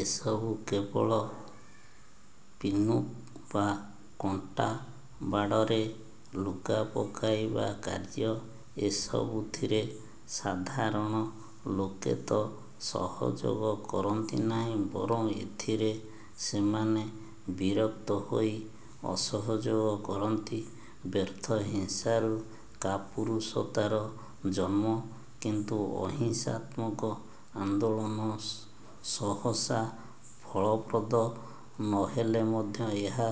ଏସବୁ କେବଳ ପିନ୍ପ୍ରିକ୍ ବା କଣ୍ଟା ବାଡ଼ରେ ଲୁଗାପକାଇବା କାର୍ଯ୍ୟ। ଏସବୁଥିରେ ସାଧାରଣ ଲୋକେ ତ ସହଯୋଗ କରନ୍ତି ନାହିଁ ବରଂ ଏଥିରେ ସେମାନେ ବିରକ୍ତ ହୋଇ ଅସହଯୋଗ କରନ୍ତି। ବ୍ୟର୍ଥ ହିଂସାରୁ କାପୁରୁଷତାର ଜନ୍ମ। କିନ୍ତୁ ଅହିଂସାତ୍ମକ ଆନ୍ଦୋଳନ ସହସା ଫଳପ୍ରଦ ନହେଲେ ମଧ୍ୟ ଏହା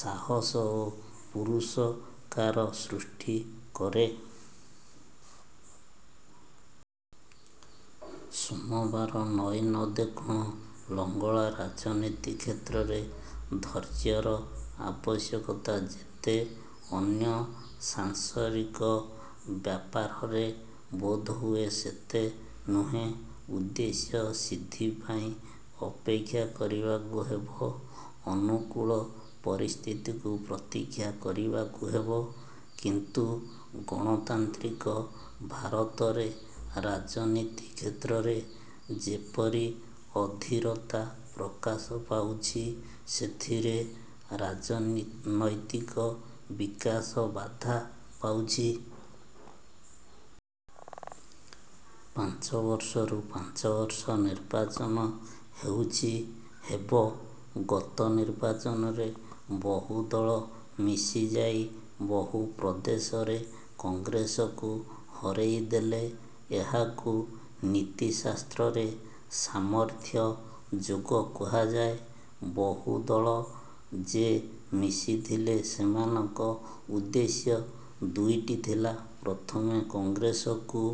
ସାହସ ଓ ପୁରୁଷକାର ସୃଷ୍ଟି କରେ। ସୋମବାର ନଇ ନ ଦେଖୁଣୁ ଲଙ୍ଗଳା ରାଜନୀତି କ୍ଷେତ୍ରରେ ଧୈର୍ଯ୍ୟର ଆବଶ୍ୟକତା ଯେତେ ଅନ୍ୟ ସାଂସରିକ ବ୍ୟାପାରରେ ବୋଧହୁଏ ସେତେ ନୁହେଁ। ଉଦ୍ଦେଶ୍ୟ ସିଦ୍ଧିପାଇଁ ଅପେକ୍ଷା କରିବାକୁ ହେବ। ଅନୁକୂଳ ପରିସ୍ଥିତିକୁ ପ୍ରତୀକ୍ଷା କରିବାକୁ ହେବ। କିନ୍ତୁ ଗଣତାନ୍ତ୍ରିକ ଭାରତରେ ରାଜନୀତି କ୍ଷେତ୍ରରେ ଯେପରି ଅଧୀରତା ପ୍ରକାଶ ପାଉଛି ସେଥିରେ ରାଜନୈତିକ ବିକାଶ ବାଧା ପାଉଛି। ପାଞ୍ଚବର୍ଷକୁ ପାଞ୍ଚବର୍ଷ ନିର୍ବାଚନ ହେଉଛି, ହେବ। ଗତ ନିର୍ବାଚନରେ ବହୁ ଦଳ ମିଶିଯାଇ ବହୁ ପ୍ରଦେଶରେ କଂଗ୍ରେସକୁ ହରେଇ ଦେଲେ। ଏହାକୁ ନୀତି ଶାସ୍ତ୍ରରେ 'ସାମର୍ଥ୍ୟ' ଯୋଗ କୁହାଯାଏ। ବହୁ ଦଳ ଯେ ମିଶିଥିଲେ ସେମାନଙ୍କ ଉଦ୍ଦେଶ୍ୟ ଦୁଇଟି ଥିଲା- ପ୍ରଥମେ କଂଗ୍ରେସକୁ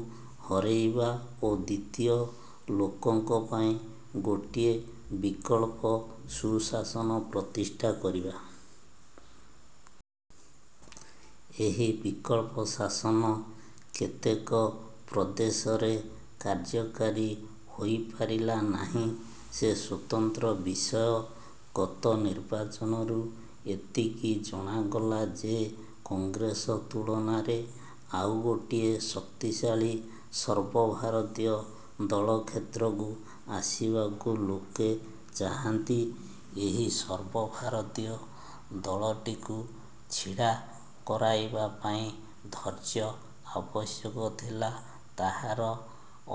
ହରେଇବା ଓ ଦ୍ୱିତୀୟ ଲୋକଙ୍କ ପାଇଁ ଗୋଟିଏ ବିକଳ୍ପ ସୁଶାସନ ପ୍ରତିଷ୍ଠା କରିବା। ଏହି ବିକଳ୍ପ ଶାସନ କେତେକ ପ୍ରଦେଶରେ କାର୍ଯ୍ୟକାରୀ ହୋଇପାରିଲା ନାହିଁ। ସେ ସ୍ୱତନ୍ତ୍ର ବିଷୟ। ଗତ ନିର୍ବାଚନରୁ ଏତିକି ଜଣାଗଲା ଯେ କଂଗ୍ରେସ ତୁଳନାରେ ଆଉ ଗୋଟିଏ ଶକ୍ତିଶାଳୀ ସର୍ବଭାରତୀୟ ଦଳ କ୍ଷେତ୍ରକୁ ଆସିବାକୁ ଲୋକେ ଚାହାନ୍ତି। ଏହି ସର୍ବଭାରତୀୟ ଦଳଟିକୁ ଛିଡ଼ା କରାଇବା ପାଇଁ ଧୈର୍ଯ୍ୟ ଆବଶ୍ୟକ ଥିଲା ତାହାର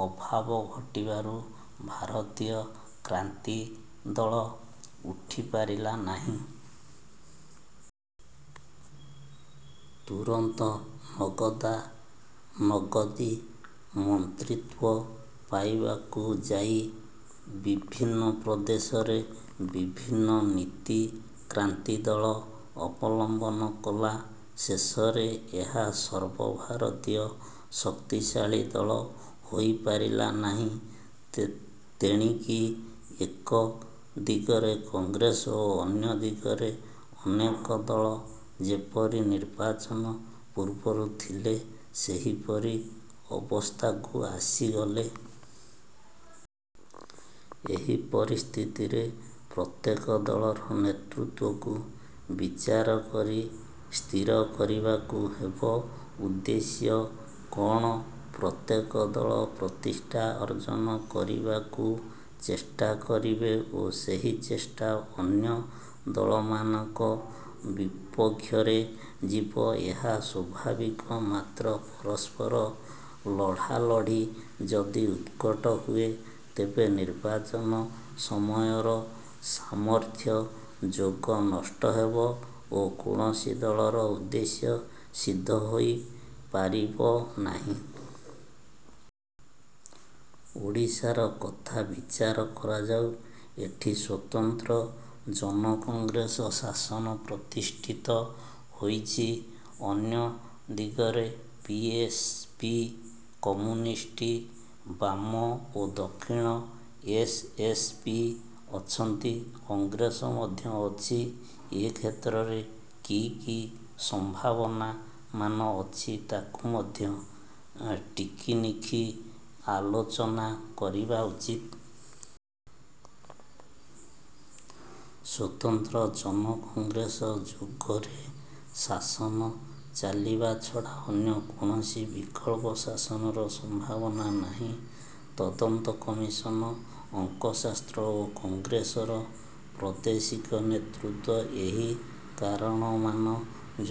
ଅଭାବ ଘଟିବାରୁ ଭାରତୀୟ କ୍ରାନ୍ତିଦଳ ଉଠିପାରିଲା ନାହିଁ। ତୁରନ୍ତ ନଗଦାନଗଦି ମନ୍ତ୍ରୀତ୍ୱ ପାଇବାକୁ ଯାଇ ବିଭିନ୍ନ ପ୍ରଦେଶରେ ବିଭିନ୍ନ ନୀତି କ୍ରାନ୍ତିଦଳ ଅବଲମ୍ବନ କଲା- ଶେଷରେ ଏହା ସର୍ବଭାରତୀୟ ଶକ୍ତିଶାଳୀ ଦଳ ହୋଇପାରିଲା ନାହିଁ। ତେଣିକି ଏକ ଦିଗରେ କଂଗ୍ରେସ ଓ ଅନ୍ୟ ଦିଗରେ ଅନେକ ଦଳ ଯେପରି ନିର୍ବାଚନ ପୂର୍ବରୁ ଥିଲେ ସେହିପରି ଅବସ୍ଥାକୁ ଆସିଗଲେ। ଏହି ପରିସ୍ଥିତିରେ ପ୍ରତ୍ୟେକ ଦଳର ନେତୃତ୍ୱକୁ ବିଚାର କରି ସ୍ଥିର କରିବାକୁ ହେବ ଉଦ୍ଦେଶ୍ୟ କଅଣ? ପ୍ରତ୍ୟେକ ଦଳ ପ୍ରତିଷ୍ଠା ଅର୍ଜ୍ଜନ କରିବାକୁ ଚେଷ୍ଟା କରିବେ ଓ ସେହି ଚେଷ୍ଟା ଅନ୍ୟ ଦଳମାନଙ୍କ ବିପକ୍ଷରେ ଯିବ ଏହା ସ୍ୱାଭାବିକ। ମାତ୍ର ପରସ୍ପର ଲଢ଼ାଲଢ଼ି ଯଦି ଉତ୍କଟ ହୁଏ ତେବେ ନିର୍ବାଚନ ସମୟର 'ସାମର୍ଥ୍ୟ' ଯୋଗ ନଷ୍ଟ ହେବ ଓ କୌଣସି ଦଳର ଉଦ୍ଦେଶ୍ୟ ସିଦ୍ଧ ହୋଇପାରିବ ନାହିଁ। ଓଡ଼ିଶାର କଥା ବିଚାର କରାଯାଉ। ଏଠି ସ୍ୱତନ୍ତ୍ର-ଜନକଂଗ୍ରେସ ଶାସନ ପ୍ରତିଷ୍ଠିତ ହୋଇଛି। ଅନ୍ୟ ଦିଗରେ ପି:ଏସ୍:ପି, କମ୍ୟୁନିଷ୍ଟ ବାମ ଓ ଦକ୍ଷିଣ ଏସ୍:ଏସ୍:ପି ଅଛନ୍ତି, କଂଗ୍ରେସ ମଧ୍ୟ ଅଛି। ଏ କ୍ଷେତ୍ରରେ କି କି ସମ୍ଭାବନାମାନ ଅଛି ତାକୁ ମଧ୍ୟ ଟିକିନିଖି ଆଲୋଚନା କରିବା ଉଚିତ। ସ୍ୱତନ୍ତ୍ର ଜନକଂଗ୍ରେସ ଯୋଗରେ ଶାସନ ଚାଲିବା ଛଡ଼ା ଅନ୍ୟ କୌଣସି ବିକଳ୍ପ ଶାସନର ସମ୍ଭାବନା ନାହିଁ। ତଦନ୍ତ କମିଶନ, ଅଙ୍କଶାସ୍ତ୍ର ଓ କଂଗ୍ରେସର ପ୍ରାଦେଶିକ ନେତୃତ୍ୱ ଏହି କାରଣମାନ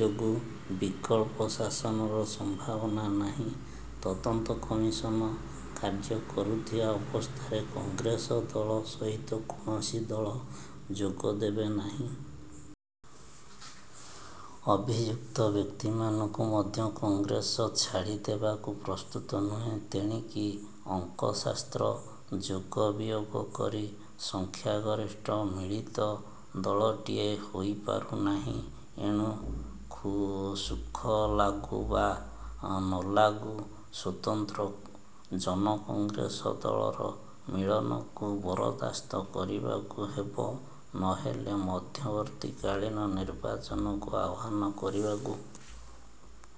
ଯୋଗୁଁ ବିକଳ୍ପ ଶାସନର ସମ୍ଭାବନା ନାହିଁ। ତଦନ୍ତ କମିଶନ କାର୍ଯ୍ୟ କରୁଥିବା ଅବସ୍ଥାରେ କଂଗ୍ରେସ ଦଳ ସହିତ କୌଣସି ଦଳ ଯୋଗ ଦେବେନାହିଁ। ଅଭିଯୁକ୍ତ ବ୍ୟକ୍ତିମାନଙ୍କୁ ମଧ୍ୟ କଂଗ୍ରେସ ଛାଡ଼ିଦେବାକୁ ପ୍ରସ୍ତୁତ ନୁହେଁ। ତେଣିକି ଅଙ୍କଶାସ୍ତ୍ର ଯୋଗ ବିଯୋଗ କରି ସଂଖ୍ୟାଗରିଷ୍ଠ ମିଳିତ ଦଳଟିଏ ହୋଇ ପାରୁନାହିଁ। ଏଣୁ ସୁଖଲାଗୁ ବା ନଲାଗୁ ସ୍ୱତନ୍ତ୍ର ଜନକଂଗ୍ରେସ ଦଳର ମିଳନକୁ ବରଦାସ୍ତ କରିବାକୁ ହେବ। ନହେଲେ ମଧ୍ୟବର୍ତ୍ତୀକାଳୀନ ନିର୍ବାଚନକୁ ଆହ୍ୱାନ କରିବାକୁ